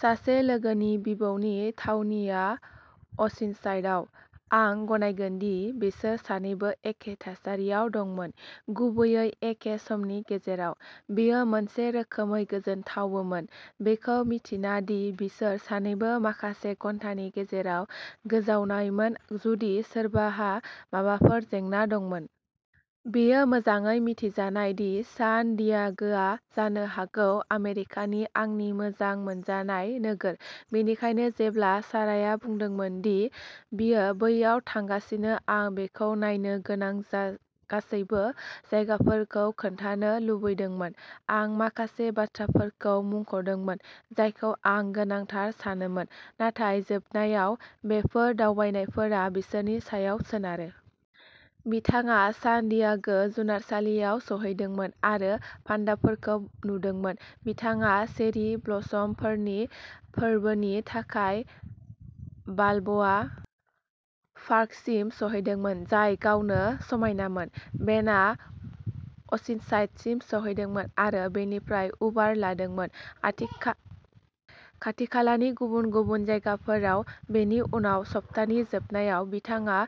सासे लोगोनि बिबौनि थावनिया अ'सिनसाइडआव। आं गनायगोन दि बिसोर सानैबो एखे थासारियाव दंमोन, गुबैयै एखे समनि गेजेराव। बेयो मोनसे रोखोमै गोजोनथावबोमोन, बेखौ मिन्थिना दि बिसोर सानैजों माखासे घन्टानि गेजेराव गोजानावमोन जुदि सोरहाबा माबाफोर जेंना दंमोन। बेयो मोजाङै मिथिजानाय दि सान डियागोआ जानो हागौ आमेरिकानि आंनि मोजां मोनजानाय नोगोर। बेनिखायनो जेब्ला साराया बुंदोंमोन दि बियो बैयाव थांगासिनो, आं बिखौ नायनो गोनां जा गासैबो जायगाफोरखौ खोन्थानो लुबैदोंमोन। आं माखासे बाथ्राफोरखौ मुंख'दोंमोन जायखौ आं गोनांथार सानोमोन, नाथाय जोबनायाव, बेफोर दावबायनायफोरा बिसोरनि सायाव सोनारो। बिथाङा सान डियागो जुनारसालियाव सौहैदोंमोन आरो पान्डाफोरखौ नुदोंमोन। बिथाङा चेरी ब्लसम फोरबोनि थाखाय बालब'आ पार्कसिमबो सौहैदोंमोन, जाय गावनो समायनामोन। बेनआ अ'सिनसाइडसिम सौहैदोंमोन आरो बेनिफ्राय उबार लादोंमोन। खाथिखालानि गुबुन गुबुन जायगाफोराव। बेनि उनाव, सप्तानि जोबनायाव, बिथाङा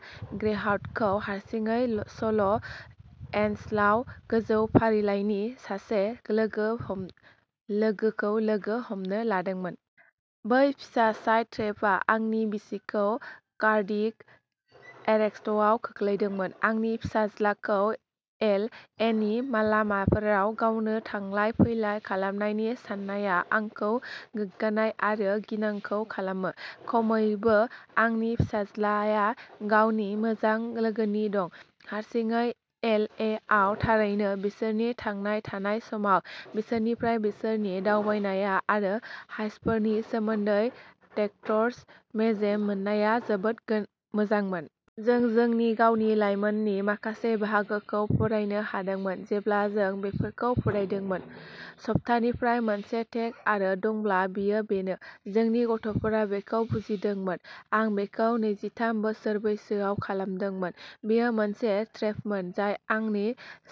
ग्रेहाउन्डखौ हारसिङै ल'स एन्जेल्सआव गोजौ फरायसालिनि सासे लोगो लोगोखौ लोगो हमनो लांदोंमोन। बै फिसा साइड ट्रिपआ आंनि बिसिखौ कार्डिएक एरेस्टआव खोख्लैदोंमोन। आंनि फिसाज्लाखौ एल ए नि लामाफोराव गावनो थांलाय फैलाय खालामनायनि साननाया आंखौ गोग्गानाय आरो गिनांगौ खालामो। खमैबो आंनि फिसाजोआ गावनि मोजां लोगोजों दं। हारसिङै एल ए आव थारैनो, बिसोर थांना थानाय समाव बिसोरनिफ्राय बिसोरनि दावबायनाय आरो साहसफोरनि सोमोन्दै टेक्सट मेसेज मोननाया जोबोद मोजांमोन। जों जोंनि गावनि लायमोननि माखासे बाहागोखौ फरायनो हादोंमोन जेब्ला जों बेफोरखौ फरायदोंमोन। सप्तानिफ्राय मोनसे टेक अवे दंब्ला, बेयो बेनो। जोंनि गथ'फोरा बेखौ बुजिदोंमोन। आं बेखौ नैजिथाम बोसोर बैसोआव खालामदोंमोन। बेयो मोनसे ट्रिपमोन जाय आंनि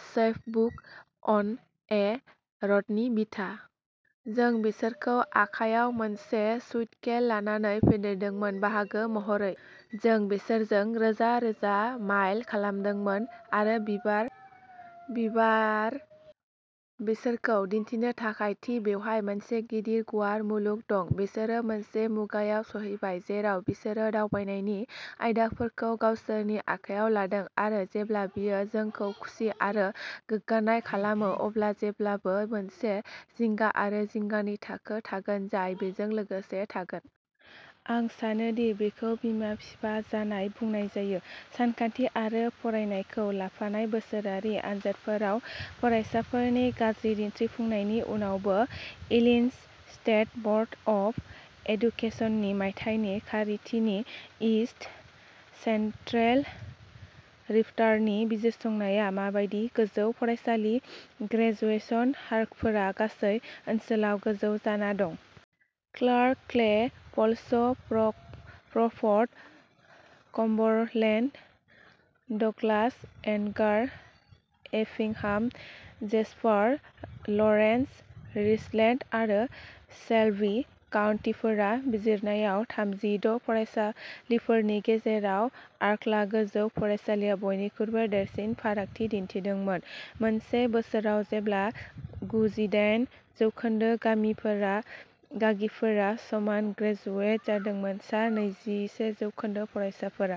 चैपबुक, अन ए र'डनि बिथा। जों बिसोरखौ आखायाव मोनसे सुटकेस लानानै फेदेरदोंमोन। बाहागो महरै। जों बिसोरजों रोजा रोजा माइल सालायदों आरो बिबार बिबार, बिसोरखौ दिन्थिनो थाखाय दि बेवहाय मोनसे गिदिर गुवार मुलुग दं। बिसोरो मोनसे मुगायाव सफैबाय जेराव बिसोरो दावबायनायनि आयदाफोरखौ गावसोरनि आखायाव लादों आरो जेब्ला बेयो जोंखौ खुसि आरो गोग्गानाय खालामो, अब्ला जेब्लाबो मोनसे जिंगा आरो जिंगानि थाखो थागोन जाय बेजों लोगोसे थाङो। आं सानो दि बेखौ बिमा-बिफा जानाय बुंनाय जायो। सानखान्थि आरो फरायनायखौ लाफाना बोसोरारि आनजादफोराव फरायसाफोरनि गाज्रि दिन्थिफुंनायनि उनावबो, इलिन'इस स्टेट बर्ड अफ एडुकेशननि मायथाइनि खारिथिनि इस्ट सेन्ट्रेल रिपर्टारनि बिजिरसंनाय बायदिब्ला, गोजौ फरायसालि ग्रेजुएशन हारफोरा गासै ओनसोलाव गोजौ जाना दं। Clark, Clay, Coles, Crawford, Cumberland, Douglas, Edgar, Effingham, Jasper, Lawrence, Richland आरो शेल्बी काउन्टिफोराव बिजिरजानाय थामजि द' फरायसालिफोरनि गेजेराव आर्क'ला गोजौ फरायसालिआ बयनिख्रुइबो देरसिन फारागथि दिन्थिदोंमोन। मोनसे बोसोराव जेब्ला गुजिदायेन जौखोन्दो गागिफोरा समाव ग्रेजुवेट जादोंमोन, सा नैजिसे जौखोन्दोसो फरायसाफोरा।